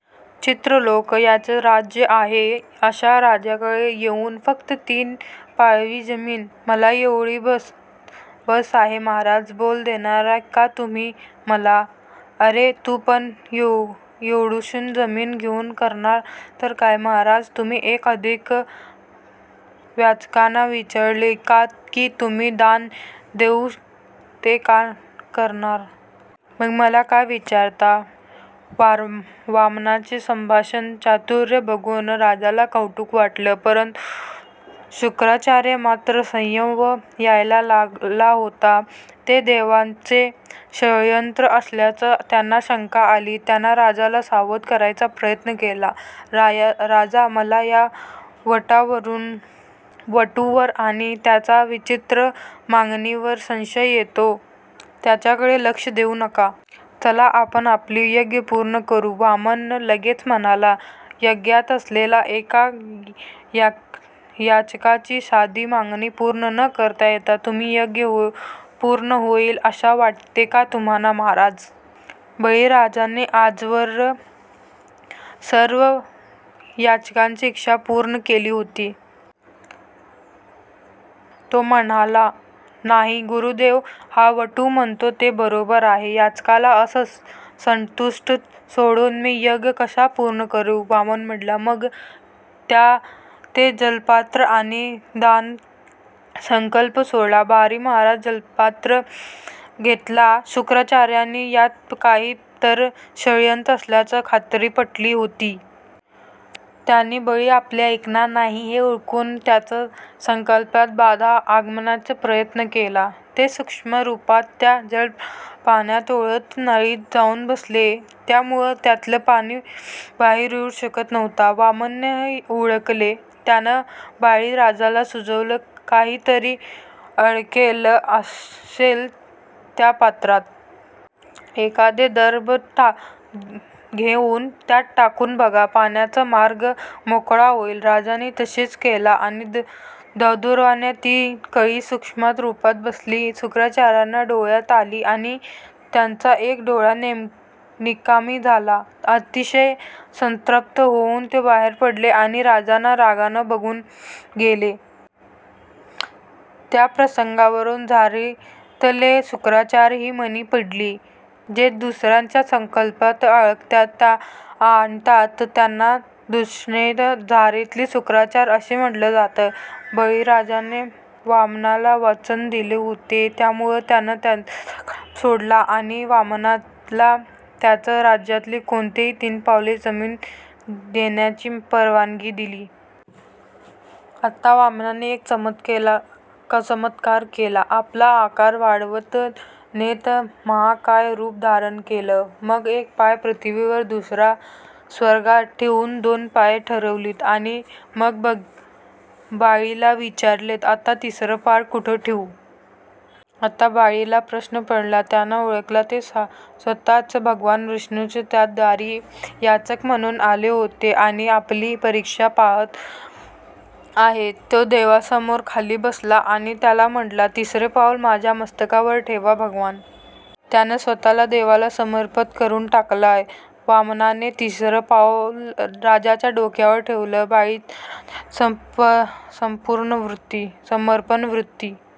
त्रिलोकावर ज्याचं राज्य आहे अशा राजाकडे येऊन फक्त तीन पावले जमीन? मला तेवढी बस आहे महाराज. बोला देणार का तुम्ही मला? अरे पण तू एवढुशी जमीन घेऊन करणार तरी काय? महाराज, तुम्ही आधीच्या याचकांना विचारलेत का कि तुमचे दान घेऊन ते काय करणार? मग मला का विचारता? वामनाचे संभाषण चातुर्य बघुन राजाला कौतुक वाटत होते. परंतु शुक्राचार्यांना मात्र संशय यायला लागला होता. हे देवांचे षडयंत्र असल्याची त्यांना शंका आली. त्यांनी राजाला सावध करण्याचा प्रयत्न केला. राजा, मला या बटूवर आणि त्याच्या विचित्र मागणीवर संशय येतोय, याच्याकडे लक्ष देऊ नका. चला आपण आपला यज्ञ पूर्ण करू. वामन लगेच म्हणाला यज्ञात आलेल्या एका याचकाची साधी मागणी पूर्ण न करता तुमचा यज्ञ पूर्ण होईल असे वाटते का तुम्हाला महाराज? बळीराजाने आजवर सर्व याचकांची इच्छा पूर्ण केली होती. तो म्हणाला नाही. गुरुदेव हा बटू म्हणतो ते बरोबर आहे, याचकाला असंतुष्ट सोडुन मी यज्ञ कसा पूर्ण करू? वामन म्हणाला "मग घ्या ते जलपात्र आणि दानाचा संकल्प सोडा. बळीराजाने जलपात्र घेतले. शुक्राचार्यांची यात काही तरी षडयंत्र असल्याची खात्रीच पटली होती. त्यांनी बळी आपले ऐकणार नाही हे ओळखुन त्याच्या संकल्पात बाधा आणण्याचा प्रयत्न केला. ते सूक्ष्मरूपात त्या जलपत्राच्या पाणी ओतण्याच्या नळीत जाऊन बसले. त्यामुळे त्यातुन पाणी बाहेर येऊ शकत नव्हते. वामनाने हे ओळखले. त्याने बळीराजाला सुचवले काही तरी अडकले असेल त्या पात्रात. एखादे दर्भ घेऊन त्यात टाकुन बघा, पाण्याचा मार्ग मोकळा होईल. राजाने तसे केले आणि दुर्दैवाने ती काडी सूक्ष्मरूपात बसलेल्या शुक्राचार्यांच्या डोळ्यात गेली आणि त्यांचा एक डोळा निकामी झाला. अतिशय संतप्त होऊन ते बाहेर आले आणि राजावर रागावून निघुन गेले. या प्रसंगावरून झारीतले शुक्राचार्य हि म्हण पडली. जे दुसऱ्याच्या संकल्पात अडथळे आणतात त्यांना उद्देशुन झारीतले शुक्राचार्य असे म्हटले जाते. बळीराजाने वामनाला वचन दिले होते त्यामुळे त्याने संकल्प सोडला आणि वामनाला त्याच्या राज्यात कुठेही तीन पावले जमीन घेण्याची परवानगी दिली. आता वामनाने एक चमत्कार केला. आपला आकार वाढवत नेत महाकाय रूप धारण केले. मग एक पाय पृथ्वीवर आणि दुसरा पाय स्वर्गात ठेवुन दोन पावले घेतली. आणि मग बळीला विचारले आता तिसरे पाऊल कुठे ठेवु? आता बळीला प्रश्न पडला. त्याने ओळखले कि स्वतः भगवान विष्णूच त्याच्या दारी याचक म्हणुन आले आहेत आणि आपली परीक्षा पाहत आहेत. तो देवासमोर खाली बसला आणि म्हणाला तिसरे पाऊल माझ्या मस्तकावर ठेवा भगवान. त्याने स्वतःला देवाला समर्पित करून टाकले. वामनाने तिसरे पाऊल राजाच्या डोक्यावर ठेवले. बळीराजाची समर्पण वृत्ती,